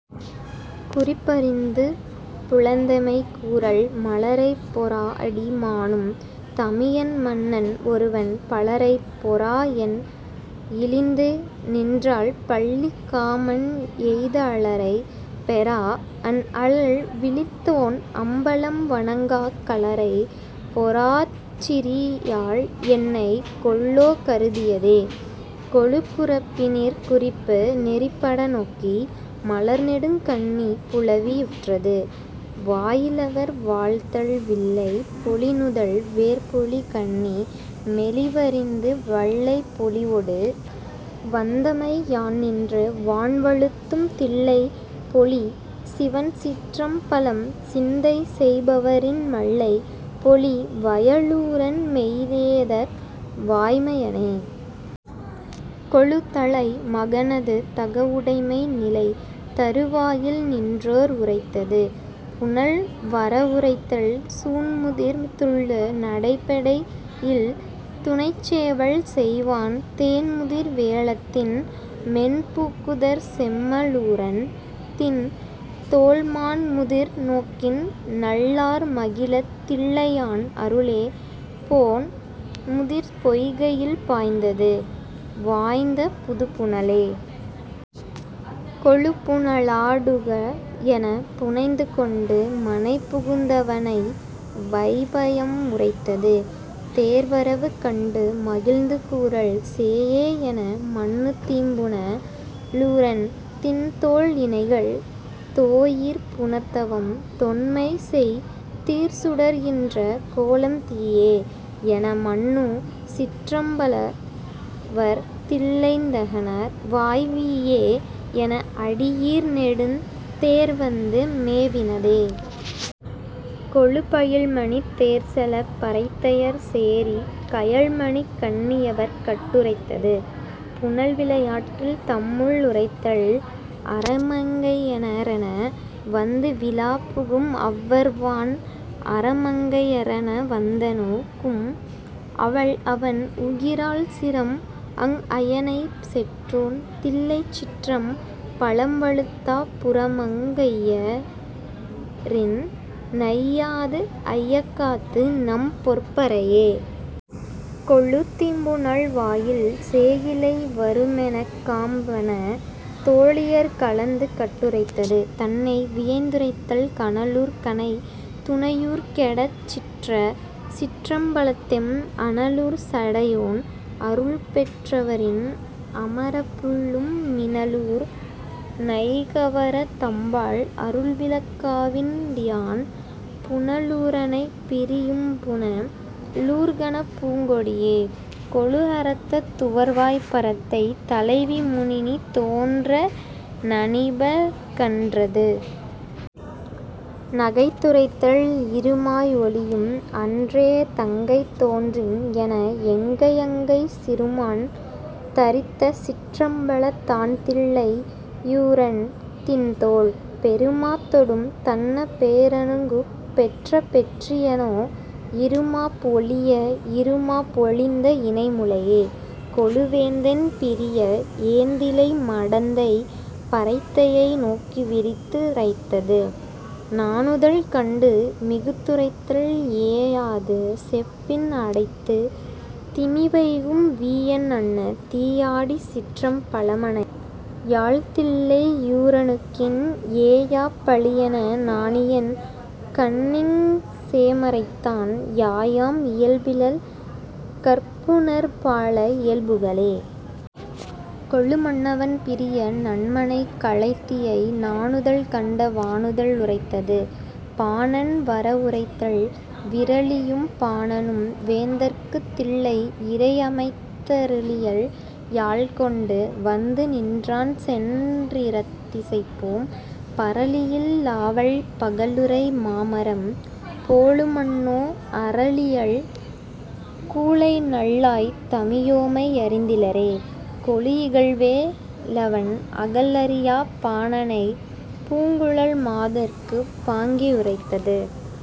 குறிப்பறிந்து புலந்தமை கூறல் மலரைப் பொறாஅடி மானும் தமியன்மன் னன்ஒருவன் பலரைப் பொறாஎன் இழிந்துநின் றாள்பள்ளி காமன்எய்த அலரைப் பொறாஅன் அழல்விழித் தோன்அம்பலம் வணங்காக் கலரைப் பொறாச்சிறி யாள்என்னை கொல்லோ கருதியதே.... கொளு குறப்பினிற் குறிப்பு நெறிப்பட நோக்கி மலர்நெடுங் கண்ணி புலவி யுற்றது.. வாயிலவர் வாழ்த்தல் வில்லைப் பொலிநுதல் வேற்பொலி கண்ணி மெலிவறிந்து வல்லைப் பொலிவொடு வந்தமை யான்நின்று வான்வழுத்தும் தில்லைப் பொலிசிவன் சிற்றம்பலம்சிந்தை செய்பவரின் மல்லைப் பொலிவய லூரன்மெய்யேதக்க வாய்மையனே.... கொளு தலை மகனது தகவுடைமை நிலைதரு வாயில் நின்றோர் உரைத்தது.. புனல் வரவுரைத்தல் சூன்முதிர் துள்ளு நடைப்பெடைக் இல்துணைச் சேவல் செய்வான் தேன்முதிர் வேழத்தின் மென்பூக்குதர் செம்ம லூரன் திண்தோள் மான்முதிர் நோக்கின்நல் லார்மகிழத் தில்லை யான் அருளே போன்முதிர் பொய்கையில் பாய்ந்தது வாய்ந்த புதுப்புனலே.... கொளு புனலா டுகஎனப் புனைந்து கொண்டு மனைபுகுந் தவனை வையம் உரைத்தது.. தேர் வரவு கண்டு மகிழ்ந்து கூறல் சேயே எனமன்னு தீம்புன லூரன்திண் தோள்இணைகள் தோயீர் புணர்தவம் தொன்மைசெய் தீர்சுடர் கின்றகோலம் தீயே எனமன்னு சிற்றம்பலவர்தில்லைந்நகர் வாய் வீயே எனஅடி யீர்நெடுந் தேர்வந்து மேவினதே.... கொளு பயில்மணித் தேர்செலப் பரத்தையர் சேரிக் கயல் மணிக் கண்ணியர் கட்டுரைத்தது.. புனல் விளையாட்டில் தம்முள் உரைத்தல் அரமங் கையரென வந்து விழாப்புகும் அவ்வவர்வான் அரமங் கையரென வந்தணு கும்அவள் அன்உகிரால் சிரம்அங் அயனைச் செற்றோன் தில்லைச் சிற்றம் பலம்வழுத்தாப் புரமங் கையரின்நை யாதுஐய காத்துநம் பொற்பரையே.... கொளு தீம்புனல் வாயில் சேயிழை வருமெனச் காம்பன தோளியர் கலந்து கட்டுரைத்தது.. தன்னை வியந்துரைத்தல் கனலூர் கணைதுணை யூர்கெடச் செற்றசிற் றம்பலத்தெம் அனலூர் சடையோன் அருள்பெற் றவரின் அமரப்புல்லும் மினலூர் நகையவர் தம்பால் அருள்விலக் காவிடின்யான் புனலூ ரனைப் பிரி யும்புன லூர்கணப் பூங்கொடியே.... கொளு அரத்தத் துவர்வாய்ப் பரத்தைத் தலைவி முனிவு தோன்ற நனிபு கன்றது.. நகைத்துரைத்தல் இறுமாப் ஒழியும்அன் றேதங்கை தோன்றின்என் எங்கையங்கைச் சிறுமான் தரித்தசிற் றம்பலத் தான்தில்லை யூரன்திண்தோள்। பெறு மாத் தொடும்தன்ன பேரணுக் குப்பெற்ற பெற்றியனோ இறுமாப் ஒழிய இறுமாப் ஒழிந்த இணைமுலையே.... கொளு வேந்தன் பிரிய ஏந்திழை மடந்தை பரத்தையை நோக்கி விரித்து ரைத்தது.. நாணுதல் கண்டு மிகுத்துரைத்தல் வேயாது செப்பின் அடைத்துத் தமிவைகும் வீயன்அன்ன தீயாடி சிற்றம் பலமனை யாள்தில்லை யூரனுக்கின் ஏயாப் பழியென நாணியென் கண்ணிங்ங னேமறைத்தாள் யாயாம் இயல்பிவள் கற்புநற் பால இயல்புகளே.... கொளு மன்னவன் பிரிய நன்மனைக் கிழத்தியை நாணுதல் கண்ட வாணுதல் உரைத்தது.. பாணன் வரவுரைத்தல் விறலியும் பாணனும் வேந்தற்குத் தில்லை இறைஅமைத்த திறலியல் யாழ்கொண்டு வந்துநின் றார்சென் றிராத்திசைபோம் பறலியல் வாவல் பகலுறை மாமரம் போலும்மன்னோ அறலியல் கூழைநல் லாய் தமியோமை யறிந்திலரே.... கொளு இகல்வே லவன் அகல் அறியாப் பாணனைப் பூங்குழல் மாதர்க்குப் பாங்கி உரைத்தது..